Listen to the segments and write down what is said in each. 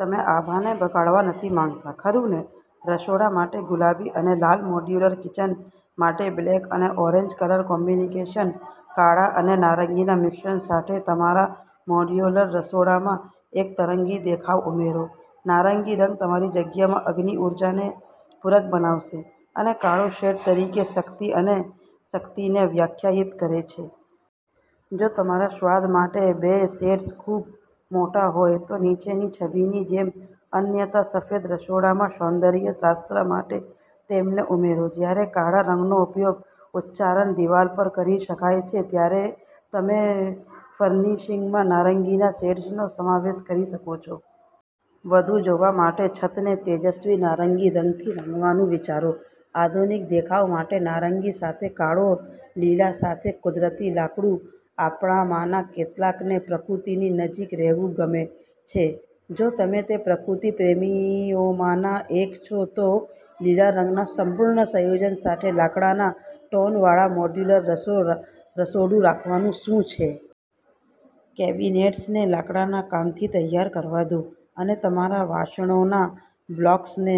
તમે આભાને બગાડવા નથી માંગતા, ખરું ને? રસોડા માટે ગુલાબી અને લાલ મોડ્યુલર કિચન માટે બ્લેક અને ઓરેન્જ કલર કોમ્બિનેશન કાળા અને નારંગીના મિશ્રણ સાથે તમારા મોડ્યુલર રસોડામાં એક તરંગી દેખાવ ઉમેરો. નારંગી રંગ તમારી જગ્યામાં અગ્નિ ઊર્જાને પૂરક બનાવશે, અને કાળો શેડ તરીકે શક્તિ અને શક્તિને વ્યાખ્યાયિત કરે છે. જો તમારા સ્વાદ માટે બે શેડ્સ ખૂબ મોટા હોય, તો નીચેની છબીની જેમ અન્યથા સફેદ રસોડામાં સૌંદર્ય શાસ્ત્ર માટે તેમને ઉમેરો. જ્યારે કાળા રંગનો ઉપયોગ ઉચ્ચારણ દિવાલ પર કરી શકાય છે, ત્યારે તમે ફર્નિશિંગમાં નારંગીના શેડ્સનો સમાવેશ કરી શકો છો. વધુ જોવા માટે, છતને તેજસ્વી નારંગી રંગથી રંગવાનું વિચારો. આધુનિક દેખાવ માટે નારંગી સાથે કાળો લીલા સાથે કુદરતી લાકડું આપણામાંના કેટલાકને પ્રકૃતિની નજીક રહેવું ગમે છે. જો તમે તે પ્રકૃતિ પ્રેમીઓમાંના એક છો, તો લીલા રંગના સંપૂર્ણ સંયોજન સાથે લાકડાના ટોનવાળા મોડ્યુલર રસોડું રાખવાનું શું છે? કેબિનેટ્સને લાકડાના કામથી તૈયાર કરવા દો, અને તમારા વાસણોના બ્લોક્સને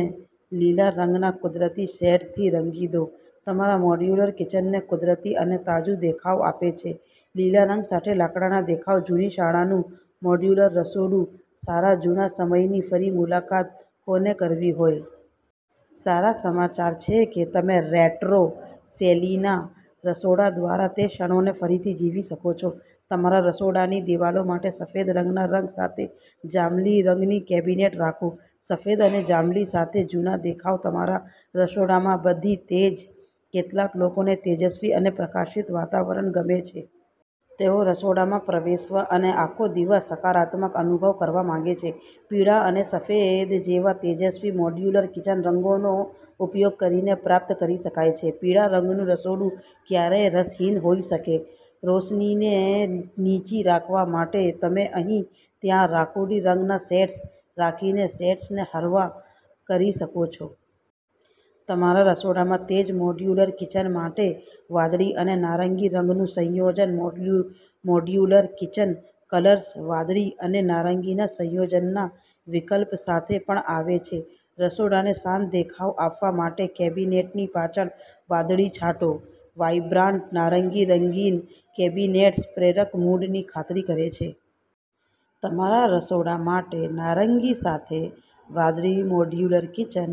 લીલા રંગના કુદરતી શેડથી રંગી દો. તમારા મોડ્યુલર કિચનને કુદરતી અને તાજું દેખાવ આપે છે. લીલા રંગ સાથે લાકડાના દેખાવ જૂની શાળાનું મોડ્યુલર રસોડું સારા જૂના સમયની ફરી મુલાકાત કોનેકરવી હોય? સારા સમાચારછે કે તમે રેટ્રો-શૈલીના રસોડા દ્વારા તે ક્ષણોને ફરીથી જીવી શકો છો. તમારા રસોડાની દિવાલો માટે સફેદ રંગના રંગ સાથે જાંબલી રંગની કેબિનેટ રાખો. સફેદ અને જાંબલી સાથે જૂના દેખાવ તમારા રસોડામાં બધી તેજ કેટલાક લોકોને તેજસ્વી અને પ્રકાશિત વાતાવરણ ગમે છે. તેઓ રસોડામાં પ્રવેશવા અને આખો દિવસ સકારાત્મક અનુભવ કરવા માંગે છે. પીળા અને સફેદ જેવા તેજસ્વી મોડ્યુલર કિચન રંગોનો ઉપયોગ કરીને પ્રાપ્ત કરી શકાય છે. પીળા રંગનું રસોડું ક્યારેય રસહીન હોઈ શકે? રોશનીને નીચી રાખવા માટે તમે અહીં-ત્યાં રાખોડી રંગના શેડ્સ રાખીને શેડ્સને હળવા કરી શકો છો. તમારા રસોડામાં તેજ મોડ્યુલર કિચન માટે વાદળી અને નારંગી રંગનું સંયોજન મોડ્યુલર કિચન કલર્સ વાદળી અને નારંગીના સંયોજનના વિકલ્પ સાથે પણ આવે છે. રસોડાને શાંત દેખાવ આપવા માટે કેબિનેટની પાછળ વાદળી છાંટો. વાઇબ્રન્ટ નારંગી-રંગીન કેબિનેટ્સ પ્રેરક મૂડની ખાતરી કરે છે. તમારા રસોડા માટે નારંગી સાથે વાદળી મોડ્યુલર કિચન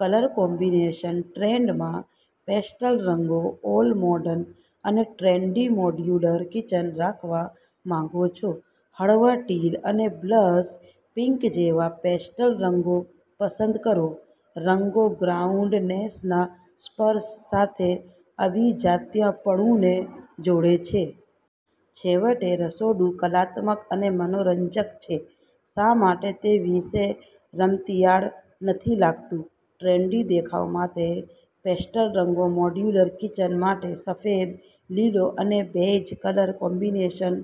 કલર કોમ્બિનેશનટ્રેન્ડમાં પેસ્ટલ રંગો ઓલ-મોર્ડન અને ટ્રેન્ડી મોડ્યુલર કિચન રાખવા માંગો છો? હળવા ટીલ અને બ્લશ પિંક જેવા પેસ્ટલ રંગો પસંદ કરો. રંગો ગ્રાઉન્ડનેસના સ્પર્શ સાથે અભિજાત્યપણુને જોડે છે. છેવટે, રસોડું કલાત્મક અને મનોરંજક છે. શા માટે તે વિશે રમતિયાળ નથી લાગતું? ટ્રેન્ડી દેખાવ માટે પેસ્ટલ રંગો મોડ્યુલર કિચન માટે સફેદ, લીલો અને બેજ કલર કોમ્બિનેશન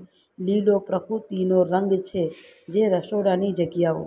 લીલોપ્રકૃતિનો રંગ છે જે રસોડાની જગ્યાઓ